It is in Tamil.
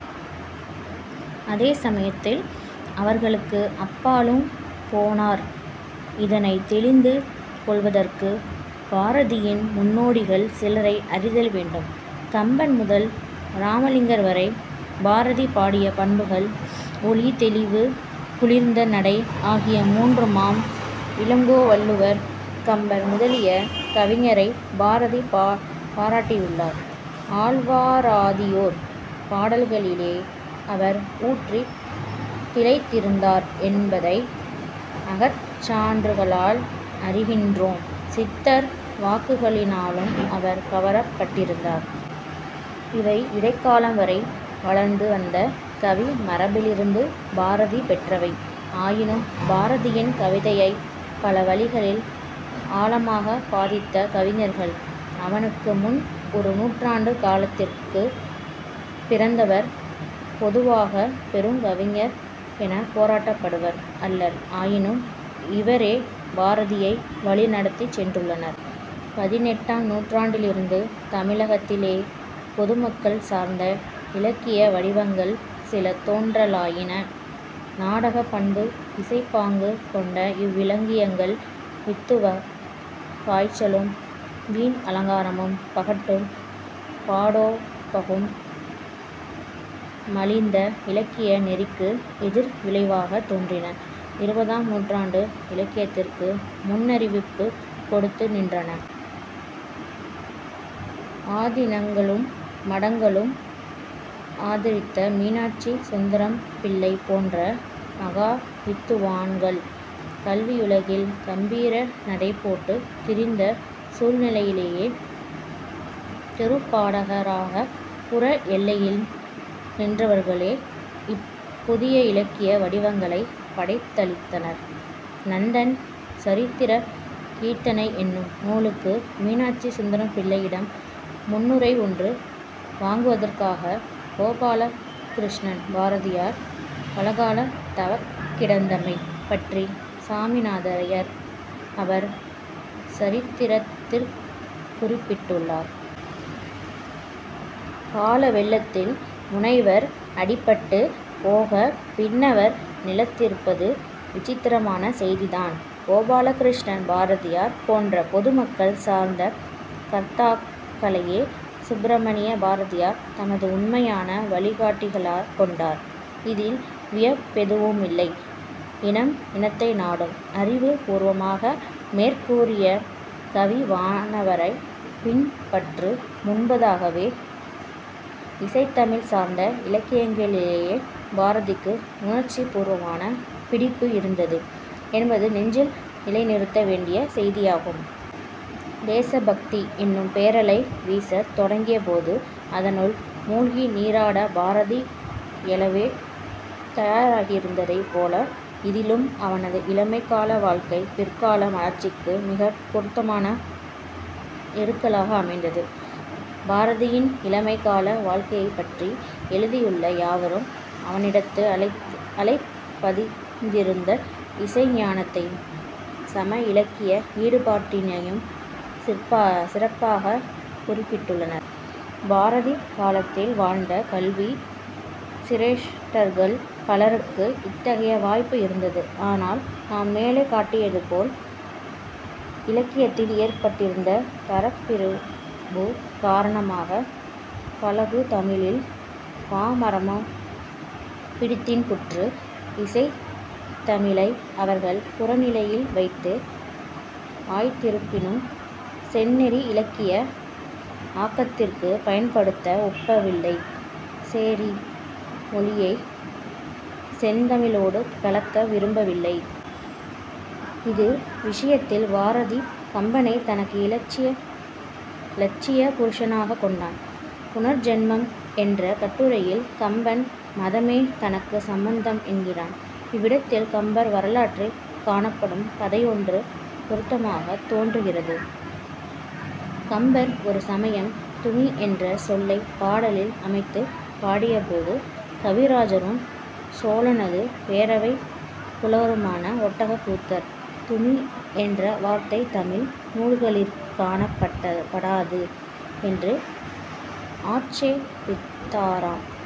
அதே சமயத்தில் அவர்களுக்கு அப்பாலும் போனார். இதனைத் தௌிந்து கொள்வதற்குப் பாரதியின் முன்னோடிகள் சிலரை அறிதல் வேண்டும். கம்பன் முதல் இராமலிங்கர் வரை பாரதி பாராட்டிய பண்புகள் "ஒளி, தௌிவு, குளிர்ந்த நடை" ஆகிய மூன்றுமாம். இளங்கோ, வள்ளுவர், கம்பர் முதலிய கவிஞரைப் பாரதி பாராட்டியுள்ளார்; ஆழ்வாராதியோர் பாடல்களிலே அவர் ஊறித் திளைத்திருந்தார் என்பதை அகச்சான்றுகளால் அறிகின்றோம்; சித்தர் வாக்குகளினாலும் அவர் கவரப்பட்டிருந்தார். இவை இடைக்காலம் வரை வளர்ந்து வந்த கவிமரபிலிருந்து பாரதி பெற்றவை. ஆயினும் பாரதியின் கவிதையைப் பல வழிகளில் ஆழமாகப் பாதித்த கவிஞர்கள் அவனுக்கு முன் ஒரு நூற்றாண்டுக் காலத்திற்குள் பிறந்தவர்கள். பொதுவாகப் "பெருங் கவிஞர்" எனப் போற்றப்படுவர் அல்லர். ஆயினும் இவரே பாரதியை வழி நடத்திச் சென்றுள்ளனர். பதினெட்டாம் நூற்றாண்டிலிருந்து தமிழிலக்கியத்திலே பொதுமக்கள் சார்ந்த இலக்கிய வடிவங்கள் சில தோன்றலாயின. நாடகப் பண்பும் இசைப் பாங்கும் கொண்ட இவ்விலக்கியங்கள், வித்துவக் காய்ச்சலும் வீண் அலங்காரமும், பகட்டும், படாடோபமும் மலிந்த இலக்கிய நெறிக்கு எதிர் விளைவாகத் தோன்றின. இருபதாம் நூற்றாண்டு இலக்கியத்திற்கு முன்னறிவிப்புக் கொடுத்து நின்றன. ஆதினங்களும் மடங்களும் ஆதரித்த மீனாட்சி சுந்தரம்பிள்ளை போன்ற மகாவித்துவான்கள் கல்வியுலகில் கம்பீர நடைபோட்டுத் திரிந்த சூழ்நிலையிலே, 'தெருப்பாடக'ராகப் புற எல்லையில் நின்றவர்களே இப்புதிய இலக்கிய வடிவங்களைப் படைத்தளித்தனர். நந்தன் சரித்திரக் கீர்த்தனை என்னும் நூலுக்கு மீனாட்சி சுந்தரம்பிள்ளையிடம் முன்னுரை ஒன்று வாங்குவதற்காகக் கோபாலகிருஷ்ண பாரதியார் பலகாலந் 'தவங்கிடந்தமை' பற்றிச் சாமிநாதையர் அவர் சரித்திரத்திற் குறிப்பிட்டுள்ளார். காலவெள்ளத்தில் முனைவர் அடிபட்டுப் போகப் பின்னவர் நிலைத்திருப்பது விசித்திரமான செய்திதான். கோபாலகிருஷ்ண பாரதியார் போன்ற பொதுமக்கள் சார்ந்த கர்த்தாக்களையே சுப்பிரமணிய பாரதியார் தமது உண்மையான வழிகாட்டிகளாகக் கொண்டார். இதில் வியப்பெதுவுமில்லை. இனம் இனத்தை நாடும். அறிவு பூர்வமாக மேற்கூறிய கவிவாணரைப் பின்பற்று முன்பதாகவே இசைத்தமிழ் சார்ந்த இலக்கியங்களிலே பாரதிக்கு உணர்ச்சி பூர்வமான பிடிப்பு இருந்தது என்பது நெஞ்சில் நிலைநிறுத்த வேண்டிய செய்தியாகும். தேசபக்தி என்னும் பேரலை வீசத் தொடங்கியபோது, அதனுள் மூழ்கி நீராடப் பாரதி ஏலவே தயாராகியிருந்ததைப் போல, இதிலும் அவனது இளமைக்கால வாழ்க்கை பிற்கால மலர்ச்சிக்கு மிகப் பொருத்தமான எருக்களமாக அமைந்தது. பாரதியின் இளமைக்கால வாழ்க்கையைப் பற்றி எழுதியுள்ள யாவரும், அவனிடத்து ஆழப் பதிந்திருந்த இசை ஞானத்தையும், சமய இலக்கிய ஈடுபாட்டினையும் சிறப்பாகக் குறிப்பிட்டுள்ளனர். பாரதி காலத்தில் வாழ்ந்த கல்வி சிரேஷ்டர்கள் பலருக்கு இத்தகைய வாய்ப்பு இருந்தது. ஆனால் நாம் மேலே காட்டியது போல இலக்கியத்தில் ஏற்பட்டிருந்த தரப்பிரிபு காரணமாக 'பழகுதமிழில்' பாமரரும் பிடித்தின்புற்று இசைத் தமிழை அவர்கள் புறநிலையில் வைத்து ஆய்ந்திருப்பினும், "செந்நெறி" இலக்கிய ஆக்கத்திற்குப் பயன்படுத்த ஒப்பவில்லை. 'சேரி மொழியை'ச் செந்தமிழோடு கலக்க விரும்பவில்லை. இது விஷயத்தில் பாரதி கம்பனைத் தனக்கு இலட்சிய புருஷனாகக் கொண்டான். புனர்ஜென்மம் என்ற கட்டுரையில் கம்பன் மதமே தனக்குச் சம்மதம் என்கிறான். இவ்விடத்தில் கம்பர் வரலாற்றிற் காணப்படும் கதையொன்று பொருத்தமாகத் தோன்றுகிறது. கம்பர் ஒரு சமயம் 'துமி' என்ற சொல்லைப் பாடலில் அமைத்துப் பாடியபோது, கவிராஜரும் சோழனது பேரவைப் புலவருமான ஒட்டக்கூத்தர் "துமி" என்ற வார்த்தை தமிழ் நூல்களிற் காணப்படாதது என்று ஆட்சேபித்தாராம்.